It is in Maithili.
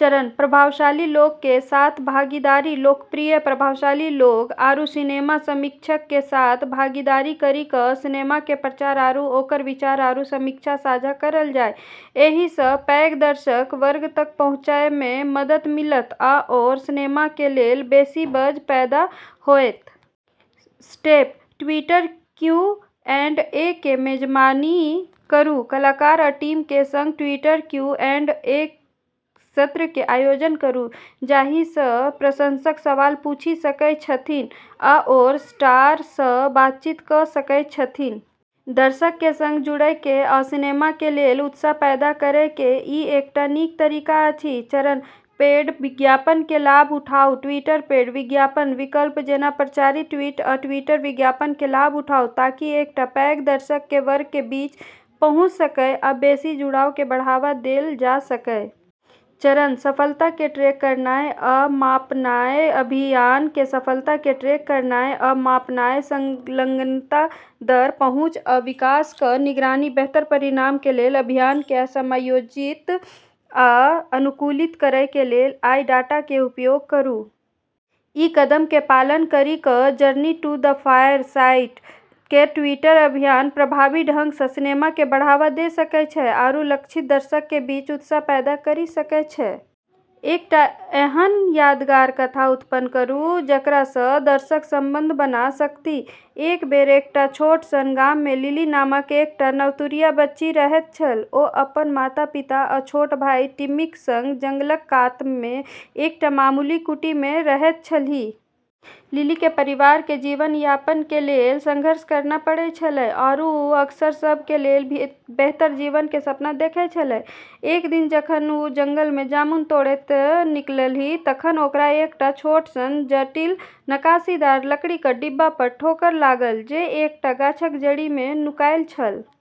चरण: प्रभावशाली लोगऽ के साथ भागीदारी लोकप्रिय प्रभावशाली लोगऽ आरू सिनेमा समीक्षकऽ के साथ भागीदारी करी क॑ सिनेमा के प्रचार आरू ओकरऽ विचार आरू समीक्षा साझा करलऽ जाय। एहि सं पैघ दर्शक वर्ग तक पहुंचय मे मदद मिलत आओर सिनेमा के लेल बेसि बज़ पैदा होएत. Step: Twitter Q and A के मेजबानी करू कलाकार आ टीम के संग ट्विटर क्यू एंड ए सत्र के आयोजन करू, जाहि सं प्रशंसक सवाल पूछि सकय छथिन्ह आओर स्टार सं बातचीत क सकय छथिन्ह. दर्शक के संग जुड़य के आ सिनेमा के लेल उत्साह पैदा करय के ई एकटा नीक तरीका अछि. चरण: पेड विज्ञापन कें लाभ उठाउ ट्विटर पेड विज्ञापन विकल्प जेना प्रचारित ट्वीट आ ट्विटर विज्ञापन कें लाभ उठाऊं ताकि एकटा पैघ दर्शक वर्ग कें बीच पहुंच सकय आ बेसि जुड़ाव कें बढ़ावा देल जा सकय. चरण: सफलता कें ट्रैक करनाय आ मापनाय अभियान कें सफलता कें ट्रैक करनाय आ मापनाय, संलग्नता दर, पहुंच, आ विकास कें निगरानी. बेहतर परिणाम कें लेल अभियान कें समायोजित आ अनुकूलित करय कें लेल अइ डाटा कें उपयोग करूं. ई कदमऽ के पालन करी क॑ "journey to the far side" केरऽ ट्विटर अभियान प्रभावी ढंग स॑ सिनेमा क॑ बढ़ावा द॑ सकै छै आरू लक्षित दर्शकऽ के बीच उत्साह पैदा करी सकै छै। एकटा एहन यादगार कथा उत्पन्न करू जकरासँ दर्शक संबंध बना सकथि। एक बेर एकटा छोट सन गाम मे लिली नामक एकटा नवतुरिया बच्ची रहैत छल। ओ अपन माता-पिता आ छोट भाइ टिम्मीक संग जंगलक कात मे एकटा मामूली कुटी मे रहैत छलीह. लिली के परिवार के जीवन यापन के लेलऽ संघर्ष करना पड़ै छेलै, आरो वू अक्सर सब के लेलऽ बेहतर जीवन के सपना देखै छेलै। एक दिन जखन ओ जंगल मे जामुन तोड़ैत निकललीह तखन ओकरा एकटा छोट सन, जटिल नक्काशीदार लकड़ीक डिब्बा पर ठोकर लागल, जे एकटा गाछक जड़ि मे नुकायल छल।